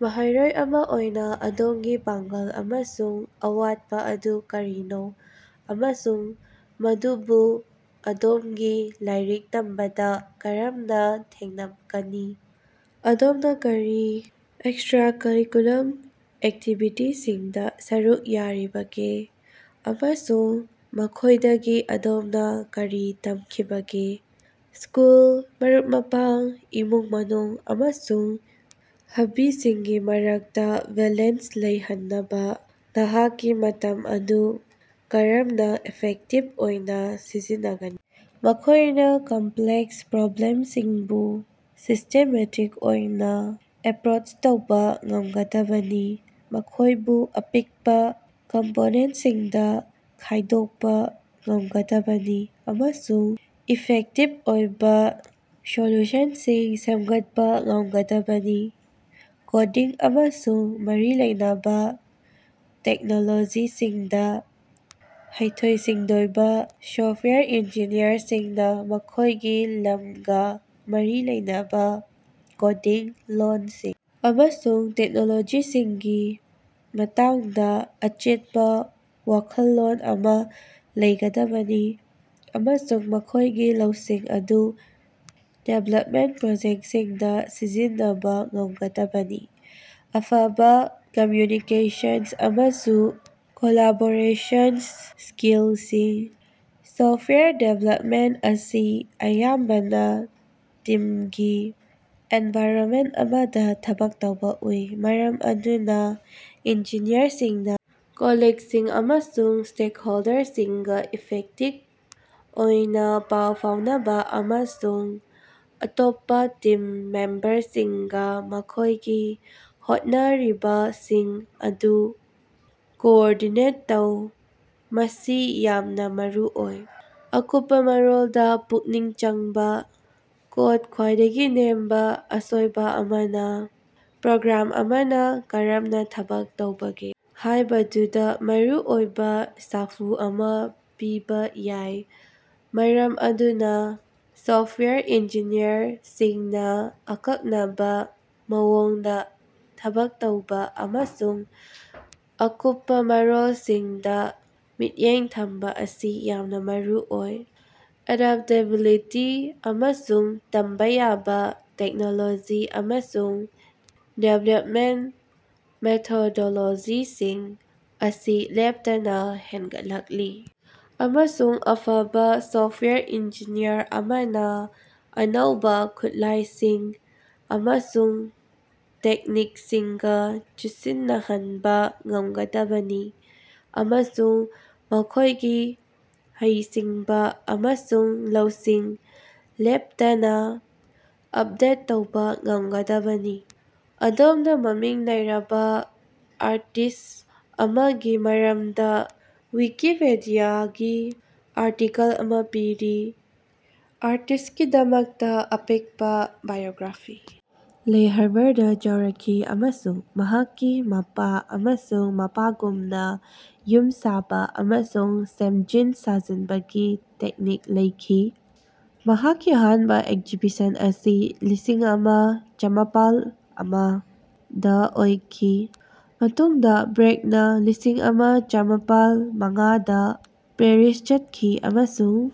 ꯃꯍꯩꯔꯣꯏ ꯑꯃ ꯑꯣꯏꯅ ꯑꯗꯣꯝꯒꯤ ꯄꯥꯡꯒꯜ ꯑꯃꯁꯨꯡ ꯑꯋꯥꯠꯄ ꯑꯗꯨ ꯀꯔꯤꯅꯣ, ꯑꯃꯁꯨꯡ ꯃꯗꯨꯕꯨ ꯑꯗꯣꯝꯒꯤ ꯂꯥꯏꯔꯤꯛ ꯇꯝꯕꯗ ꯀꯔꯝꯅ ꯊꯦꯡꯅꯒꯅꯤ? ꯑꯗꯣꯝꯅ ꯀꯔꯤ ꯑꯦꯛꯁꯇ꯭ꯔꯥꯀꯔꯤꯀꯨꯂꯔ ꯑꯦꯛꯇꯤꯕꯤꯇꯤꯁꯤꯡꯗ ꯁꯔꯨꯛ ꯌꯥꯔꯤꯕꯒꯦ, ꯑꯃꯁꯨꯡ ꯃꯈꯣꯏꯗꯒꯤ ꯑꯗꯣꯝꯅ ꯀꯔꯤ ꯇꯝꯈꯤꯕꯒꯦ? ꯁ꯭ꯀꯨꯜ, ꯃꯔꯨꯞ-ꯃꯄꯥꯡ, ꯏꯃꯨꯡ-ꯃꯅꯨꯡ ꯑꯃꯁꯨꯡ ꯍꯕꯤꯁꯤꯡꯒꯤ ꯃꯔꯛꯇ ꯕꯦꯂꯦꯟꯁ ꯂꯩꯍꯟꯅꯕ ꯅꯍꯥꯛꯀꯤ ꯃꯇꯝ ꯑꯗꯨ ꯀꯔꯝꯅ ꯏꯐꯦꯛꯇꯤꯚ ꯑꯣꯏꯅ ꯁꯤꯖꯤꯟꯅꯒꯅꯤ? ꯃꯈꯣꯏꯅ ꯀꯝꯄ꯭ꯂꯦꯛꯁ ꯄ꯭ꯔꯣꯕ꯭ꯂꯦꯝꯁꯤꯡꯕꯨ ꯁꯤꯁ꯭ꯇꯦꯃꯦꯇꯤꯛ ꯑꯣꯏꯅ ꯑꯦꯄ꯭ꯔꯣꯆ ꯇꯧꯕ ꯉꯝꯒꯗꯕꯅꯤ, ꯃꯈꯣꯏꯕꯨ ꯑꯄꯤꯛꯄ ꯀꯝꯄꯣꯅꯦꯟꯁꯤꯡꯗ ꯈꯥꯏꯗꯣꯛꯄ ꯉꯝꯒꯗꯕꯅꯤ ꯑꯃꯁꯨꯡ ꯏꯐꯦꯛꯇꯤꯚ ꯑꯣꯏꯕ ꯁꯣꯂ꯭ꯌꯨꯁꯟꯁꯤꯡ ꯁꯦꯝꯒꯠꯄ ꯉꯝꯒꯗꯕꯅꯤ꯫ ꯀꯣꯗꯤꯡ ꯑꯃꯁꯨꯡ ꯃꯔꯤ ꯂꯩꯅꯕ ꯇꯦꯛꯅꯣꯂꯣꯖꯤꯁꯤꯡꯗ ꯍꯩꯊꯣꯏ-ꯁꯤꯡꯊꯣꯏꯕ: ꯁꯣꯐꯋꯦꯌꯔ ꯏꯟꯖꯤꯅꯤꯌꯔꯁꯤꯡꯅ ꯃꯈꯣꯏꯒꯤ ꯂꯝꯒ ꯃꯔꯤ ꯂꯩꯅꯕ ꯀꯣꯗꯤꯡ ꯂꯣꯜꯁꯤꯡ ꯑꯃꯁꯨꯡ ꯇꯦꯛꯅꯣꯂꯣꯖꯤꯁꯤꯡꯒꯤ ꯃꯇꯥꯡꯗ ꯑꯆꯦꯠꯄ ꯋꯥꯈꯜꯂꯣꯟ ꯑꯃ ꯂꯩꯒꯗꯕꯅꯤ, ꯑꯃꯁꯨꯡ ꯃꯈꯣꯏꯒꯤ ꯂꯧꯁꯤꯡ ꯑꯗꯨ ꯗꯤꯕꯦꯂꯄꯃꯦꯟ ꯄ꯭ꯔꯣꯖꯦꯛꯁꯤꯡꯗ ꯁꯤꯖꯤꯟꯅꯕ ꯉꯝꯒꯗꯕꯅꯤ꯫ ꯑꯐꯕ ꯀꯝꯃ꯭ꯌꯨꯅꯤꯀꯦꯁꯟ ꯑꯃꯁꯨꯡ ꯀꯣꯂꯥꯕꯣꯔꯦꯁꯟ ꯁ꯭ꯀꯤꯜꯁꯤꯡ: ꯁꯣꯐꯋꯥꯌꯔ ꯗꯤꯚꯦꯂꯄꯃꯦꯟ ꯑꯁꯤ ꯑꯌꯥꯝꯕꯅ ꯇꯤꯝꯒꯤ ꯑꯦꯟꯚꯥꯏꯔꯟꯃꯦꯟ ꯑꯃꯗ ꯊꯕꯛ ꯇꯧꯕ ꯎꯏ, ꯃꯔꯝ ꯑꯗꯨꯅ ꯏꯟꯖꯤꯅꯤꯌꯔꯁꯤꯡꯅ ꯀꯣꯂꯤꯛꯁꯤꯡ ꯑꯃꯁꯨꯡ ꯁ꯭ꯇꯦꯛꯍꯣꯜꯗꯔꯁꯤꯡꯒ ꯏꯐꯦꯛꯇꯤꯚ ꯑꯣꯏꯅ ꯄꯥꯎ ꯐꯥꯎꯅꯕ, ꯑꯃꯁꯨꯡ ꯑꯇꯣꯞꯄ ꯇꯤꯝ ꯃꯦꯝꯕꯔꯁꯤꯡꯒ ꯃꯈꯣꯏꯒꯤ ꯍꯣꯠꯅꯔꯤꯕꯁꯤꯡ ꯑꯗꯨ ꯀꯣꯑꯣꯔꯗꯤꯅꯦꯠ ꯇꯧ ꯃꯁꯤ ꯌꯥꯝꯅ ꯃꯔꯨꯑꯣꯏ꯫ ꯑꯀꯨꯞꯄ ꯃꯔꯣꯜꯗ ꯄꯨꯛꯅꯤꯡ ꯆꯪꯕ: ꯀꯣꯗꯇ ꯈ꯭ꯋꯥꯏꯗꯒꯤ ꯅꯦꯝꯕ ꯑꯁꯣꯏꯕ ꯑꯃꯅ ꯄ꯭ꯔꯣꯒ꯭ꯔꯥꯝ ꯑꯃꯅ ꯀꯔꯝꯅ ꯊꯕꯛ ꯇꯧꯕꯒꯦ ꯍꯥꯏꯕꯗꯨꯗ ꯃꯔꯨꯑꯣꯏꯕ ꯁꯥꯐꯨ ꯑꯃ ꯄꯤꯕ ꯌꯥꯏ, ꯃꯔꯝ ꯑꯗꯨꯅ ꯁꯣꯐꯋꯦꯌꯔ ꯏꯟꯖꯤꯅꯤꯌꯔꯁꯤꯡꯅ ꯑꯀꯛꯅꯕ ꯃꯑꯣꯡꯗ ꯊꯕꯛ ꯇꯧꯕ ꯑꯃꯁꯨꯡ ꯑꯀꯨꯞꯄ ꯃꯔꯣꯜꯁꯤꯡꯗ ꯃꯤꯠꯌꯦꯡ ꯊꯝꯕ ꯑꯁꯤ ꯌꯥꯝꯅ ꯃꯔꯨꯑꯣꯏ꯫ ꯑꯦꯗꯥꯞꯇꯦꯕꯤꯂꯤꯇꯤ ꯑꯃꯁꯨꯡ ꯇꯝꯕ ꯌꯥꯕ: ꯇꯦꯛꯅꯣꯂꯣꯖꯤ ꯑꯃꯁꯨꯡ ꯗꯤꯕꯦꯂꯄꯃꯦꯟꯠ ꯃꯦꯊꯣꯗꯣꯂꯣꯖꯤꯁꯤꯡ ꯑꯁꯤ ꯂꯦꯞꯇꯅ ꯍꯦꯟꯒꯠꯂꯛꯂꯤ, ꯑꯃꯁꯨꯡ ꯑꯐꯕ ꯁꯣꯐꯋꯦꯌꯔ ꯏꯟꯖꯤꯅꯤꯌꯔ ꯑꯃꯅ ꯑꯅꯧꯕ ꯈꯨꯠꯂꯥꯏꯁꯤꯡ ꯑꯃꯁꯨꯡ ꯇꯦꯛꯅꯤꯛꯁꯤꯡꯒ ꯆꯨꯁꯤꯟꯅꯍꯟꯕ ꯉꯝꯒꯗꯕꯅꯤ, ꯑꯃꯁꯨꯡ ꯃꯈꯣꯏꯒꯤ ꯍꯩꯁꯤꯡꯕ ꯑꯃꯁꯨꯡ ꯂꯧꯁꯤꯡ ꯂꯦꯞꯇꯅ ꯑꯞꯗꯦꯠ ꯇꯧꯕ ꯉꯝꯒꯗꯕꯅꯤ꯫ ꯑꯗꯣꯝꯅ ꯃꯃꯤꯡ ꯂꯩꯔꯕ ꯑꯥꯔꯇꯤꯁꯠ ꯑꯃꯒꯤ ꯃꯔꯝꯗ ꯋꯤꯀꯤꯄꯤꯗꯤꯌꯥꯒꯤ ꯑꯥꯔꯇꯤꯀꯜ ꯑꯃ ꯄꯤꯔꯤ꯫ ꯑꯥꯔꯇꯤꯁ꯭ꯠꯀꯤꯗꯃꯛꯇ ꯑꯄꯤꯛꯄ ꯕꯥꯏꯑꯣꯒ꯭ꯔꯥꯐꯤ ꯂꯦ ꯍꯥꯚꯔꯗ ꯆꯥꯎꯔꯛꯈꯤ ꯑꯃꯁꯨꯡ ꯃꯍꯥꯛꯀꯤ ꯃꯄꯥ ꯑꯃꯁꯨꯡ ꯃꯄꯥꯒꯨꯝꯅ ꯌꯨꯝ ꯁꯥꯕ ꯑꯃꯁꯨꯡ ꯁꯦꯝꯖꯤꯟ ꯁꯥꯖꯤꯟꯕꯒꯤ ꯇ꯭ꯔꯦꯅꯤꯡ ꯂꯩꯈꯤ꯫ ꯃꯍꯥꯛꯀꯤ ꯑꯍꯥꯟꯕ ꯑꯦꯛꯖꯤꯕꯤꯁꯟ ꯑꯁꯤ ꯂꯤꯁꯤꯡꯑꯃ ꯆꯝꯃꯥꯄꯜ ꯑꯃ ꯗ ꯑꯣꯏꯈꯤ, ꯃꯇꯨꯡꯗ ꯕ꯭ꯔꯦꯛꯅ ꯂꯤꯁꯤꯡꯑꯃ ꯆꯝꯃꯥꯄꯜ ꯃꯉꯥ ꯗ ꯄꯦꯔꯤꯁꯇ ꯆꯠꯈꯤ ꯑꯃꯁꯨꯡ